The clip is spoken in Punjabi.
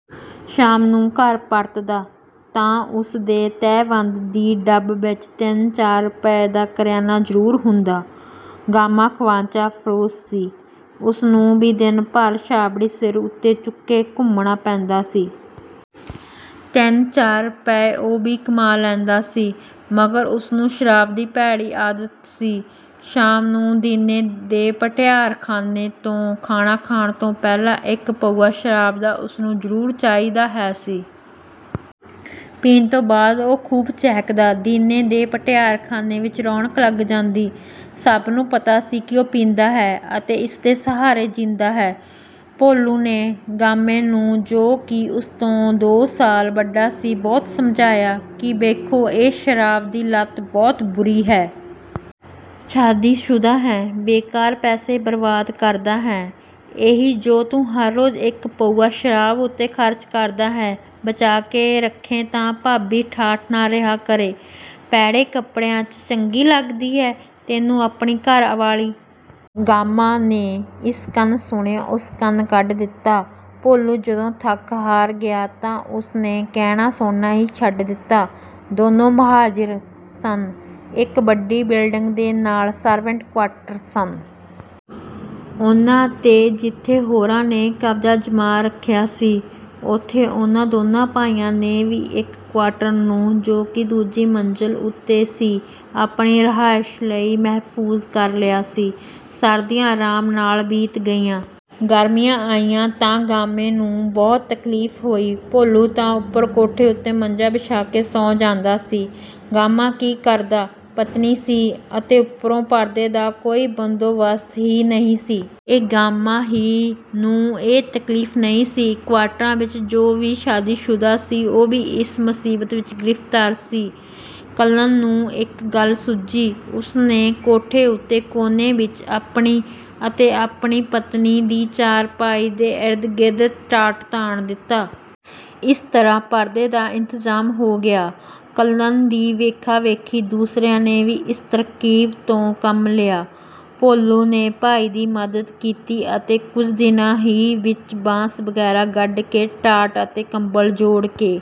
ਸ਼ਾਮ ਨੂੰ ਘਰ ਪਰਤਦਾ ਤਾਂ ਉਸ ਦੇ ਤਹਿਬੰਦ ਦੀ ਡੱਬ ਵਿੱਚ ਤਿੰਨ ਚਾਰ ਰੁਪਏ ਦਾ ਕਰਿਆਨਾ ਜਰੂਰ ਹੁੰਦਾ। ਗਾਮਾ ਖ਼ਵਾਂਚਾ ਫ਼ਰੋਸ਼ ਸੀ। ਉਸ ਨੂੰ ਵੀ ਦਿਨ ਭਰ ਛਾਬੜੀ ਸਿਰ ਉੱਤੇ ਚੁੱਕੇ ਘੁੰਮਣਾ ਪੈਂਦਾ ਸੀ। ਤਿੰਨ ਚਾਰ ਰੁਪਏ ਉਹ ਵੀ ਕਮਾ ਲੈਂਦਾ ਸੀ। ਮਗਰ ਉਸ ਨੂੰ ਸ਼ਰਾਬ ਦੀ ਭੈੜੀ ਆਦਤ ਸੀ। ਸ਼ਾਮ ਨੂੰ ਦੀਨੇ ਦੇ ਭਟਿਆਰਖ਼ਾਨੇ ਤੋਂ ਖਾਣਾ ਖਾਣ ਤੋਂ ਪਹਿਲਾਂ ਇੱਕ ਪਊਆ ਸ਼ਰਾਬ ਦਾ ਉਸਨੂੰ ਜ਼ਰੂਰ ਚਾਹੀਦਾ ਹੈ ਸੀ। ਪੀਣ ਦੇ ਬਾਅਦ ਉਹ ਖ਼ੂਬ ਚਹਿਕਦਾ। ਦੀਨੇ ਦੇ ਭਟਿਆਰ ਖ਼ਾਨੇ ਵਿੱਚ ਰੌਣਕ ਲੱਗ ਜਾਂਦੀ। ਸਭ ਨੂੰ ਪਤਾ ਸੀ ਕਿ ਉਹ ਪੀਂਦਾ ਹੈ ਅਤੇ ਇਸ ਦੇ ਸਹਾਰੇ ਜੀਂਦਾ ਹੈ। ਭੋਲੂ ਨੇ ਗਾਮਾ ਨੂੰ ਜੋ ਕਿ ਉਸ ਤੋਂ ਦੋ ਸਾਲ ਵੱਡਾ ਸੀ ਬਹੁਤ ਸਮਝਾਇਆ ਕਿ ਵੇਖੋ ਇਹ ਸ਼ਰਾਬ ਦੀ ਲਤ ਬਹੁਤ ਬੁਰੀ ਹੈ। ਸ਼ਾਦੀਸ਼ੁਦਾ ਹੈਂ, ਬੇਕਾਰ ਪੈਸਾ ਬਰਬਾਦ ਕਰਦਾ ਹੈਂ। ਇਹੀ ਜੋ ਤੂੰ ਹਰ ਰੋਜ ਇੱਕ ਪਊਆ ਸ਼ਰਾਬ ਉੱਤੇ ਖ਼ਰਚ ਕਰਦਾ ਹੈਂ ਬਚਾ ਕੇ ਰੱਖੇਂ ਤਾਂ ਭਾਬੀ ਠਾਠ ਨਾਲ ਰਿਹਾ ਕਰੇ। ਪੈੜੇ ਕੱਪੜਿਆਂ ਚ ਚੰਗੀ ਲੱਗਦੀ ਹੈ ਤੈਨੂੰ ਆਪਣੀ ਘਰ ਵਾਲੀ। ਗਾਮਾ ਨੇ ਇਸ ਕੰਨ ਸੁਣਿਆ ਉਸ ਕੰਨ ਕੱਢ ਦਿੱਤਾ। ਭੋਲੂ ਜਦੋਂ ਥੱਕ ਹਾਰ ਗਿਆ ਤਾਂ ਉਸ ਨੇ ਕਹਿਣਾ ਸੁਣਨਾ ਹੀ ਛੱਡ ਦਿੱਤਾ। ਦੋਨੋਂ ਮੁਹਾਜਿਰ ਸਨ। ਇੱਕ ਵੱਡੀ ਬਿਲਡਿੰਗ ਦੇ ਨਾਲ ਸਰਵੈਂਟ ਕੁਆਟਰ ਸਨ। ਉਨ੍ਹਾਂ ਤੇ ਜਿੱਥੇ ਹੋਰਾਂ ਨੇ ਕਬਜਾ ਜਮਾ ਰੱਖਿਆ ਸੀ, ਉੱਥੇ ਉਨ੍ਹਾਂ ਦੋਨੋਂ ਭਾਈਆਂ ਨੇ ਵੀ ਇੱਕ ਕੁਆਟਰ ਨੂੰ ਜੋ ਕਿ ਦੂਜੀ ਮੰਜ਼ਿਲ ਉੱਤੇ ਸੀ ਆਪਣੀ ਰਿਹਾਇਸ਼ ਲਈ ਮਹਿਫ਼ੂਜ਼ ਕਰ ਲਿਆ ਸੀ। ਸਰਦੀਆਂ ਆਰਾਮ ਨਾਲ ਬੀਤ ਗਈਆਂ। ਗਰਮੀਆਂ ਆਈਆਂ ਤਾਂ ਗਾਮੇ ਨੂੰ ਬਹੁਤ ਤਕਲੀਫ ਹੋਈ। ਭੋਲੂ ਤਾਂ ਉੱਪਰ ਕੋਠੇ ਉੱਤੇ ਮੰਜਾ ਵਿਛਾ ਕੇ ਸੌਂ ਜਾਂਦਾ ਸੀ। ਗਾਮਾ ਕੀ ਕਰਦਾ। ਪਤਨੀ ਸੀ। ਅਤੇ ਉੱਪਰੋਂ ਪਰਦੇ ਦਾ ਕੋਈ ਬੰਦੋਬਸਤ ਹੀ ਨਹੀਂ ਸੀ। ਇੱਕ ਗਾਮਾ ਹੀ ਨੂੰ ਇਹ ਤਕਲੀਫ ਨਹੀਂ ਸੀ। ਕਵਾਟਰਾਂ ਵਿੱਚ ਜੋ ਵੀ ਸ਼ਾਦੀਸ਼ੁਦਾ ਸੀ ਉਹ ਵੀ ਇਸ ਮੁਸੀਬਤ ਵਿੱਚ ਗਿਰਫਤਾਰ ਸੀ। ਕੱਲਨ ਨੂੰ ਇੱਕ ਗੱਲ ਸੁੱਝੀ। ਉਸ ਨੇ ਕੋਠੇ ਉੱਤੇ ਕੋਨੇ ਵਿੱਚ ਆਪਣੀ ਅਤੇ ਆਪਣੀ ਪਤਨੀ ਦੀ ਚਾਰਪਾਈ ਦੇ ਇਰਦ ਗਿਰਦ ਟਾਟ ਤਾਣ ਦਿੱਤਾ। ਇਸ ਤਰ੍ਹਾਂ ਪਰਦੇ ਦਾ ਇੰਤਜ਼ਾਮ ਹੋ ਗਿਆ। ਕੱਲਨ ਦੀ ਵੇਖਾ ਵੇਖੀ ਦੂਸਰਿਆਂ ਨੇ ਵੀ ਇਸ ਤਰਕੀਬ ਤੋਂ ਕੰਮ ਲਿਆ। ਭੋਲੂ ਨੇ ਭਾਈ ਦੀ ਮਦਦ ਕੀਤੀ ਅਤੇ ਕੁਝ ਦਿਨਾਂ ਹੀ ਵਿੱਚ ਬਾਂਸ ਵਗ਼ੈਰਾ ਗੱਡ ਕੇ ਟਾਟ ਅਤੇ ਕੰਬਲ ਜੋੜ ਕੇ